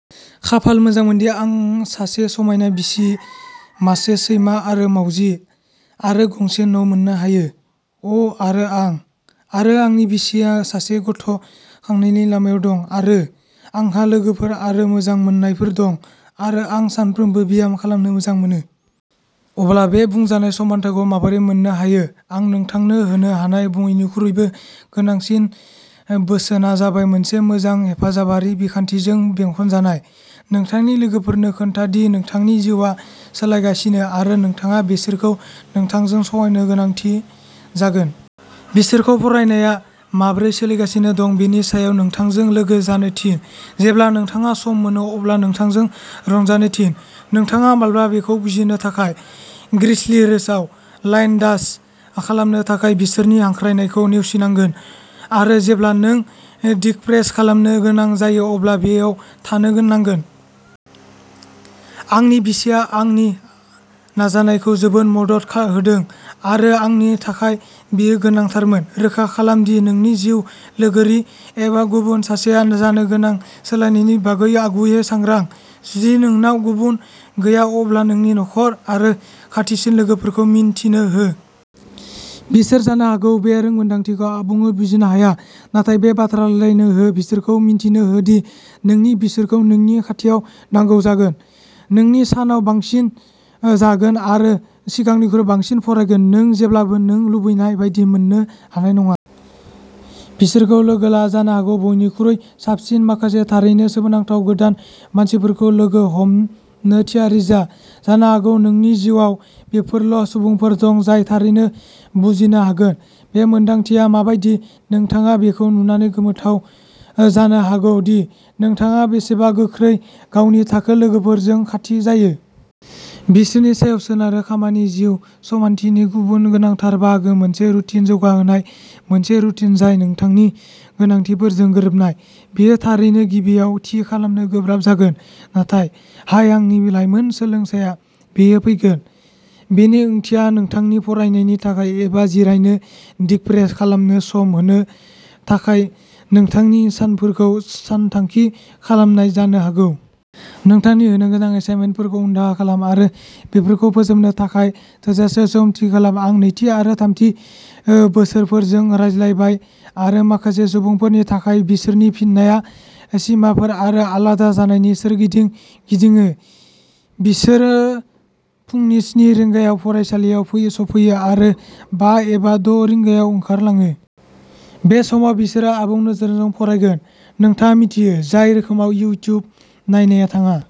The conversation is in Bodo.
खाफाल मोजांमोनदि आं सासे समायना बिसि, मासे सैमा आरो मावजि, आरो गंसे न' मोन्नो हायो। अ' आरो आं आरो आंनि बिसिया सासे गथ' खांनायनि लामायाव दं आरो, आंहा लोगोफोर आरो मोजां मोननायफोर दं आरो आं सानफ्रोमबो ब्याम खालामनो मोजां मोनो। अब्ला, बे बुंजानाय समानथायखौ माबोरै मोन्नो हायो? आं नोंथांनो होनो हानाय बयनिख्रुइबो गोनांसिन बोसोनआ जाबाय मोनसे मोजां हेफाजाबारि बिखान्थिजों बेंखनजानाय। नोंथांनि लोगोफोरनो खोन्था दि नोंथांनि जिउआ सोलायगासिनो आरो नोंथाङा बिसोरखौ नोंथांजों सहायनो गोनांथि जागोन। बिसोरखौ फरायनाया माबोरै सोलिगासिनो दं बेनि सायाव नोंथांजों लोगो जानो थिन, जेब्ला नोंथाङा सम मोनो अब्ला नोंथांजों रंजानो थिन, नोंथाङा माब्ला बेखौ बुजिनो थाखाय। ग्रिजलि रोजआव लाइन डान्स खालामनो थाखाय बिसोरनि हांख्रायनायखौ नेवसिनांगोन, आरो जेब्ला नों डिकम्प्रेस खालामनो गोनां जायो अब्ला बैयाव थानो नांगोन। आंनि बिसिया आंनि नाजानायखौ जोबोद मदद होदों, आरो आंनि थाखाय बेयो गोनांथारमोन। रोखा खालाम दि नोंनि जिउ लोगोरि एबा गुबुन सासेआ जानो गोनां सोलायनायनि बागै आगुयै सांग्रां। जुदि नोंनाव गुबुन गैया, अब्ला नोंनि नखर आरो खाथिसिन लोगोफोरखौ मिन्थिनो हो। बिसोर जानो हागौ बे रोंमोनदांथिखौ आबुङै बुजिनो हाया, नाथाय बे बाथ्रा रायज्लायनो हो बिसोरखौ मिन्थिनो हो दि नोंनो बिसोरखौ नोंनि खाथियाव नांगौ जागोन। नों सानाव बांसिन जागोन आरो सिगांनिख्रुइ बांसिन फरायगोन। नों जेब्लाबो नों लुबैनाय बायदि मोन्नो हानाय नङा। बिसोरखौ लोगो ला आरो जानो हागौ बयनिख्रुइ साबसिन, माखासे थारैनो सोमोनांथाव गोदान मानसिफोरखौ लोगो हमनो थियारि जा। जानो हागौ नोंनि जिउआव बेफोरल' सुबुंफोर दं जाय थारैनो बुजिनो हागोन। बे मोन्दांथिया माबायदि। नोंथाङा बेखौ नुनानै गोमोथाव जानो हागौ दि नोंथाङा बेसेबां गोख्रै गावनि थाखो लोगोफोरजों खाथि जायो। बिसोरनि सायाव सोनारो खामानि जिउ समानथिनि गुबुन गोनांथार बाहागो मोनसे रुटिन जौगाहोनाय मोनसे रुटिन जाय नोंथांनि गोनांथिफोरजों गोरोबनाय। बेयो, थारैनो, गिबियाव थि खालामनो गोब्राब जागोन। नाथाय हाय, आंनि लाइमोन सोलोंसाया, बेयो फैगोन। बेनि ओंथिया नोंथांनि फरायनायनि थाखाय एबा जिरायनो डिकम्प्रेस खालामनो सम होनो थाखाय नोंथांनि सानफोरखौ सानथांखि खालामनाय जानो हागौ। नोंथांनि होनोगोनां एसाइनमेन्टफोरखौ उनदाहा खालाम आरो बेफोरखौ फोजोबनो थाखाय थोजासे सम थि खालाम। आं नैथि आरो थामथि बोसोरफोरजों रायज्लायबाय आरो माखासे सुबुंफोरनि थाखाय बिसोरनि फिननाया सिमाफोर आरो आलादा जानायनि सोरगिदिं गिदिङो। बिसोरो फुंनि स्नि रिंगायाव फरायसालियाव सफैयो आरो बा एबा द' रिंगायाव ओंखारलाङो। बे समाव बिसोरो आबुं नोजोरजों फरायगोन। नोंथाङा मिथियो, जाय रोखोमाव इउटिउब नायनाया थाङा।